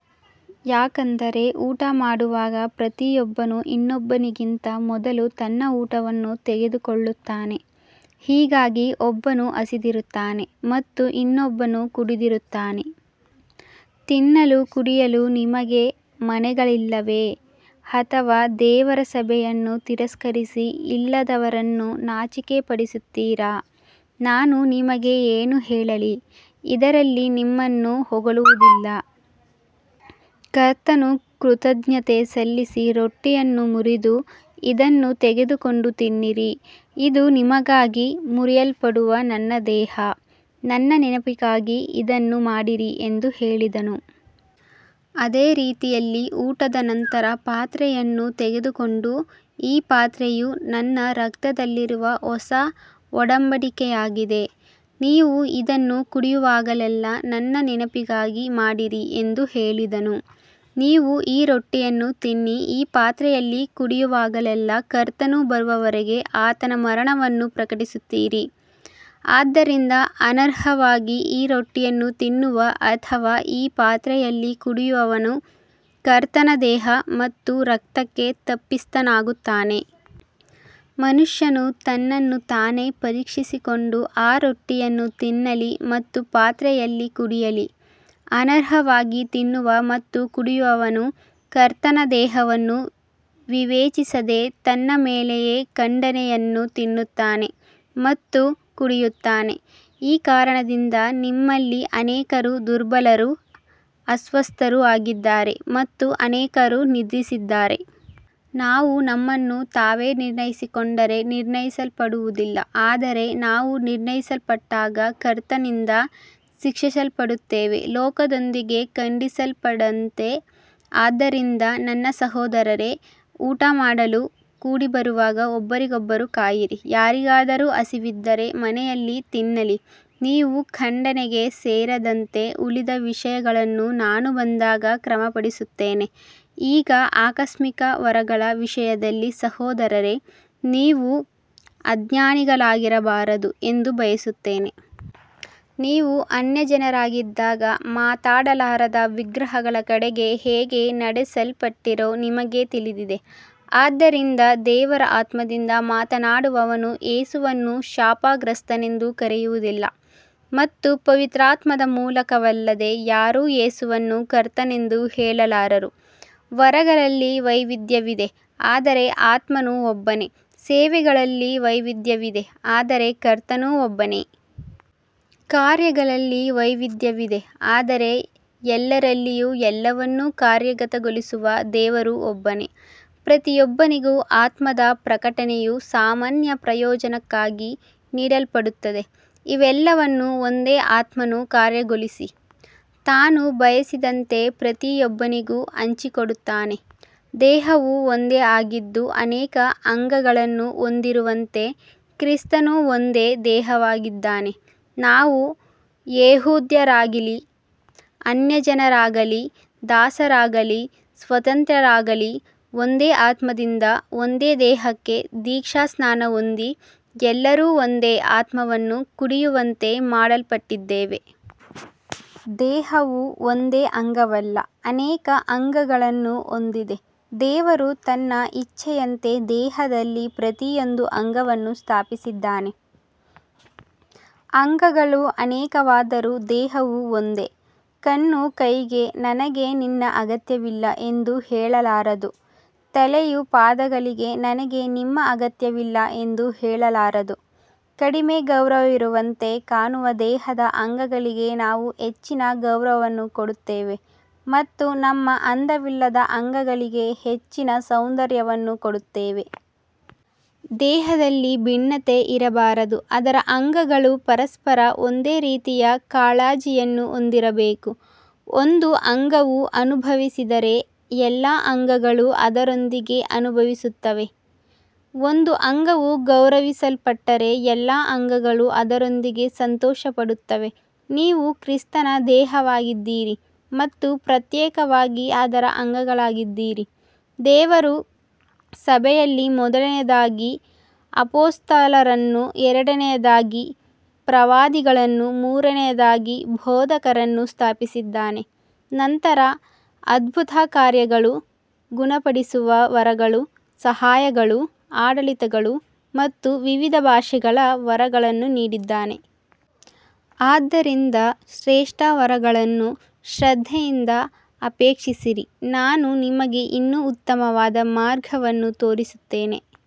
ಯಾಕಂದರೆ ಊಟಮಾಡುವಾಗ ಪ್ರತಿಯೊಬ್ಬನು ಇನ್ನೊಬ್ಬನಿಗಿಂತ ಮೊದಲು ತನ್ನ ಊಟವನ್ನು ತೆಗೆದುಕೊಳ್ಳುತ್ತಾನೆ, ಹೀಗಾಗಿ ಒಬ್ಬನು ಹಸಿದಿರುತ್ತಾನೆ ಮತ್ತು ಇನ್ನೊಬ್ಬನು ಕುಡಿದಿರುತ್ತಾನೆ. ತಿನ್ನಲು ಕುಡಿಯಲು ನಿಮಗೆ ಮನೆಗಳಿಲ್ಲವೇ, ಅಥವಾ ದೇವರ ಸಭೆಯನ್ನು ತಿರಸ್ಕರಿಸಿ ಇಲ್ಲದವರನ್ನು ನಾಚಿಕೆಪಡಿಸುತ್ತೀರಾ. ನಾನು ನಿಮಗೆ ಏನು ಹೇಳಲಿ, ಇದರಲ್ಲಿ ನಿಮ್ಮನ್ನು ಹೊಗಳುವುದಿಲ್ಲ. ಕರ್ತನು ಕೃತಜ್ಞತೆ ಸಲ್ಲಿಸಿ ರೊಟ್ಟಿಯನ್ನು ಮುರಿದು, ಇದನ್ನು ತೆಗೆದುಕೊಂಡು ತಿನ್ನಿರಿ, ಇದು ನಿಮಗಾಗಿ ಮುರಿಯಲ್ಪಡುವ ನನ್ನ ದೇಹ, ನನ್ನ ನೆನಪಿಗಾಗಿ ಇದನ್ನು ಮಾಡಿರಿ ಎಂದು ಹೇಳಿದನು. ಅದೇ ರೀತಿಯಲ್ಲಿ ಊಟದ ನಂತರ ಪಾತ್ರೆಯನ್ನು ತೆಗೆದುಕೊಂಡು, ಈ ಪಾತ್ರೆಯು ನನ್ನ ರಕ್ತದಲ್ಲಿರುವ ಹೊಸ ಒಡಂಬಡಿಕೆಯಾಗಿದೆ, ನೀವು ಇದನ್ನು ಕುಡಿಯುವಾಗಲೆಲ್ಲಾ ನನ್ನ ನೆನಪಿಗಾಗಿ ಮಾಡಿರಿ ಎಂದು ಹೇಳಿದನು. ನೀವು ಈ ರೊಟ್ಟಿಯನ್ನು ತಿನ್ನಿ ಈ ಪಾತ್ರೆಯಲ್ಲಿ ಕುಡಿಯುವಾಗಲೆಲ್ಲಾ ಕರ್ತನು ಬರುವವರೆಗೆ ಆತನ ಮರಣವನ್ನು ಪ್ರಕಟಿಸುತ್ತೀರಿ. ಆದ್ದರಿಂದ ಅನರ್ಹವಾಗಿ ಈ ರೊಟ್ಟಿಯನ್ನು ತಿನ್ನುವ ಅಥವಾ ಈ ಪಾತ್ರೆಯಲ್ಲಿ ಕುಡಿಯುವವನು ಕರ್ತನ ದೇಹ ಮತ್ತು ರಕ್ತಕ್ಕೆ ತಪ್ಪಿತಸ್ಥನಾಗುತ್ತಾನೆ. ಮನುಷ್ಯನು ತನ್ನನ್ನು ತಾನೇ ಪರೀಕ್ಷಿಸಿಕೊಂಡು ಆ ರೊಟ್ಟಿಯನ್ನು ತಿನ್ನಲಿ ಮತ್ತು ಪಾತ್ರೆಯಲ್ಲಿ ಕುಡಿಯಲಿ. ಅನರ್ಹವಾಗಿ ತಿನ್ನುವ ಮತ್ತು ಕುಡಿಯುವವನು ಕರ್ತನ ದೇಹವನ್ನು ವಿವೇಚಿಸದೆ ತನ್ನ ಮೇಲೆಯೇ ಖಂಡನೆಯನ್ನು ತಿನ್ನುತ್ತಾನೆ ಮತ್ತು ಕುಡಿಯುತ್ತಾನೆ. ಈ ಕಾರಣದಿಂದ ನಿಮ್ಮಲ್ಲಿ ಅನೇಕರು ದುರ್ಬಲರೂ ಅಸ್ವಸ್ಥರೂ ಆಗಿದ್ದಾರೆ ಮತ್ತು ಅನೇಕರು ನಿದ್ರಿಸಿದ್ದಾರೆ. ನಾವು ನಮ್ಮನ್ನು ತಾವೇ ನಿರ್ಣಯಿಸಿಕೊಂಡರೆ ನಿರ್ಣಯಿಸಲ್ಪಡುವುದಿಲ್ಲ, ಆದರೆ ನಾವು ನಿರ್ಣಯಿಸಲ್ಪಟ್ಟಾಗ ಕರ್ತನಿಂದ ಶಿಕ್ಷಿಸಲ್ಪಡುತ್ತೇವೆ, ಲೋಕದೊಂದಿಗೆ ಖಂಡಿಸಲ್ಪಡದಂತೆ. ಆದ್ದರಿಂದ ನನ್ನ ಸಹೋದರರೇ, ಊಟಮಾಡಲು ಕೂಡಿಬರುವಾಗ ಒಬ್ಬರಿಗೊಬ್ಬರು ಕಾಯಿರಿ. ಯಾರಿಗಾದರೂ ಹಸಿವಿದ್ದರೆ ಮನೆಯಲ್ಲಿ ತಿನ್ನಲಿ, ನೀವು ಖಂಡನೆಗೆ ಸೇರದಂತೆ. ಉಳಿದ ವಿಷಯಗಳನ್ನು ನಾನು ಬಂದಾಗ ಕ್ರಮಪಡಿಸುತ್ತೇನೆ. ಈಗ ಆತ್ಮಿಕ ವರಗಳ ವಿಷಯದಲ್ಲಿ ಸಹೋದರರೇ, ನೀವು ಅಜ್ಞಾನಿಗಳಾಗಿರಬಾರದು ಎಂದು ಬಯಸುತ್ತೇನೆ. ನೀವು ಅನ್ಯಜನರಾಗಿದ್ದಾಗ ಮಾತಾಡಲಾರದ ವಿಗ್ರಹಗಳ ಕಡೆಗೆ ಹೇಗೆ ನಡೆಸಲ್ಪಟ್ಟಿರೋ ನಿಮಗೆ ತಿಳಿದಿದೆ. ಆದ್ದರಿಂದ ದೇವರ ಆತ್ಮದಿಂದ ಮಾತನಾಡುವವನು ಯೇಸುವನ್ನು ಶಾಪಗ್ರಸ್ತನೆಂದು ಕರೆಯುವುದಿಲ್ಲ, ಮತ್ತು ಪವಿತ್ರಾತ್ಮದ ಮೂಲಕವಲ್ಲದೆ ಯಾರೂ ಯೇಸುವನ್ನು ಕರ್ತನೆಂದು ಹೇಳಲಾರರು. ವರಗಳಲ್ಲಿ ವೈವಿಧ್ಯವಿದೆ, ಆದರೆ ಆತ್ಮನು ಒಬ್ಬನೇ. ಸೇವೆಗಳಲ್ಲಿ ವೈವಿಧ್ಯವಿದೆ, ಆದರೆ ಕರ್ತನು ಒಬ್ಬನೇ. ಕಾರ್ಯಗಳಲ್ಲಿ ವೈವಿಧ್ಯವಿದೆ, ಆದರೆ ಎಲ್ಲರಲ್ಲಿಯೂ ಎಲ್ಲವನ್ನೂ ಕಾರ್ಯಗತಗೊಳಿಸುವ ದೇವರು ಒಬ್ಬನೇ. ಪ್ರತಿಯೊಬ್ಬನಿಗೂ ಆತ್ಮದ ಪ್ರಕಟಣೆಯು ಸಾಮಾನ್ಯ ಪ್ರಯೋಜನಕ್ಕಾಗಿ ನೀಡಲ್ಪಡುತ್ತದೆ. ಇವೆಲ್ಲವನ್ನೂ ಒಂದೇ ಆತ್ಮನು ಕಾರ್ಯಗೊಳಿಸಿ, ತಾನು ಬಯಸಿದಂತೆ ಪ್ರತಿಯೊಬ್ಬನಿಗೂ ಹಂಚಿಕೊಡುತ್ತಾನೆ. ದೇಹವು ಒಂದೇ ಆಗಿದ್ದು ಅನೇಕ ಅಂಗಗಳನ್ನು ಹೊಂದಿರುವಂತೆ, ಕ್ರಿಸ್ತನೂ ಒಂದೇ ದೇಹವಾಗಿದ್ದಾನೆ. ನಾವು ಯೆಹೂದ್ಯರಾಗಲಿ ಅನ್ಯಜನರಾಗಲಿ, ದಾಸರಾಗಲಿ ಸ್ವತಂತ್ರರಾಗಲಿ, ಒಂದೇ ಆತ್ಮದಿಂದ ಒಂದೇ ದೇಹಕ್ಕೆ ದೀಕ್ಷಾಸ್ನಾನ ಹೊಂದಿ, ಎಲ್ಲರೂ ಒಂದೇ ಆತ್ಮವನ್ನು ಕುಡಿಯುವಂತೆ ಮಾಡಲ್ಪಟ್ಟಿದ್ದೇವೆ. ದೇಹವು ಒಂದೇ ಅಂಗವಲ್ಲ, ಅನೇಕ ಅಂಗಗಳನ್ನು ಹೊಂದಿದೆ. ದೇವರು ತನ್ನ ಇಚ್ಛೆಯಂತೆ ದೇಹದಲ್ಲಿ ಪ್ರತಿಯೊಂದು ಅಂಗವನ್ನು ಸ್ಥಾಪಿಸಿದ್ದಾನೆ. ಅಂಗಗಳು ಅನೇಕವಾದರೂ ದೇಹವು ಒಂದೇ. ಕಣ್ಣು ಕೈಗೆ, ನನಗೆ ನಿನ್ನ ಅಗತ್ಯವಿಲ್ಲ ಎಂದು ಹೇಳಲಾರದು, ತಲೆಯೂ ಪಾದಗಳಿಗೆ, ನನಗೆ ನಿಮ್ಮ ಅಗತ್ಯವಿಲ್ಲ ಎಂದು ಹೇಳಲಾರದು. ಕಡಿಮೆ ಗೌರವವಿರುವಂತೆ ಕಾಣುವ ದೇಹದ ಅಂಗಗಳಿಗೆ ನಾವು ಹೆಚ್ಚಿನ ಗೌರವವನ್ನು ಕೊಡುತ್ತೇವೆ ಮತ್ತು ನಮ್ಮ ಅಂದವಿಲ್ಲದ ಅಂಗಗಳಿಗೆ ಹೆಚ್ಚಿನ ಸೌಂದರ್ಯವನ್ನು ಕೊಡುತ್ತೇವೆ. ದೇಹದಲ್ಲಿ ಭಿನ್ನತೆ ಇರಬಾರದು, ಆದರೆ ಅಂಗಗಳು ಪರಸ್ಪರ ಒಂದೇ ರೀತಿಯ ಕಾಳಜಿಯನ್ನು ಹೊಂದಿರಬೇಕು. ಒಂದು ಅಂಗವು ಅನುಭವಿಸಿದರೆ ಎಲ್ಲಾ ಅಂಗಗಳು ಅದರೊಂದಿಗೆ ಅನುಭವಿಸುತ್ತವೆ, ಒಂದು ಅಂಗವು ಗೌರವಿಸಲ್ಪಟ್ಟರೆ ಎಲ್ಲಾ ಅಂಗಗಳು ಅದರೊಂದಿಗೆ ಸಂತೋಷಪಡುತ್ತವೆ. ನೀವು ಕ್ರಿಸ್ತನ ದೇಹವಾಗಿದ್ದೀರಿ ಮತ್ತು ಪ್ರತ್ಯೇಕವಾಗಿ ಅದರ ಅಂಗಗಳಾಗಿದ್ದೀರಿ. ದೇವರು ಸಭೆಯಲ್ಲಿ ಮೊದಲನೆಯದಾಗಿ ಅಪೊಸ್ತಲರನ್ನು, ಎರಡನೆಯದಾಗಿ ಪ್ರವಾದಿಗಳನ್ನು, ಮೂರನೆಯದಾಗಿ ಬೋಧಕರನ್ನು ಸ್ಥಾಪಿಸಿದ್ದಾನೆ, ನಂತರ ಅದ್ಭುತಕಾರ್ಯಗಳು, ಗುಣಪಡಿಸುವ ವರಗಳು, ಸಹಾಯಗಳು, ಆಡಳಿತಗಳು ಮತ್ತು ವಿವಿಧ ಭಾಷೆಗಳ ವರಗಳನ್ನು ನೀಡಿದ್ದಾನೆ. ಆದ್ದರಿಂದ ಶ್ರೇಷ್ಠ ವರಗಳನ್ನು ಶ್ರದ್ಧೆಯಿಂದ ಅಪೇಕ್ಷಿಸಿರಿ, ನಾನು ನಿಮಗೆ ಇನ್ನೂ ಉತ್ತಮವಾದ ಮಾರ್ಗವನ್ನು ತೋರಿಸುತ್ತೇನೆ.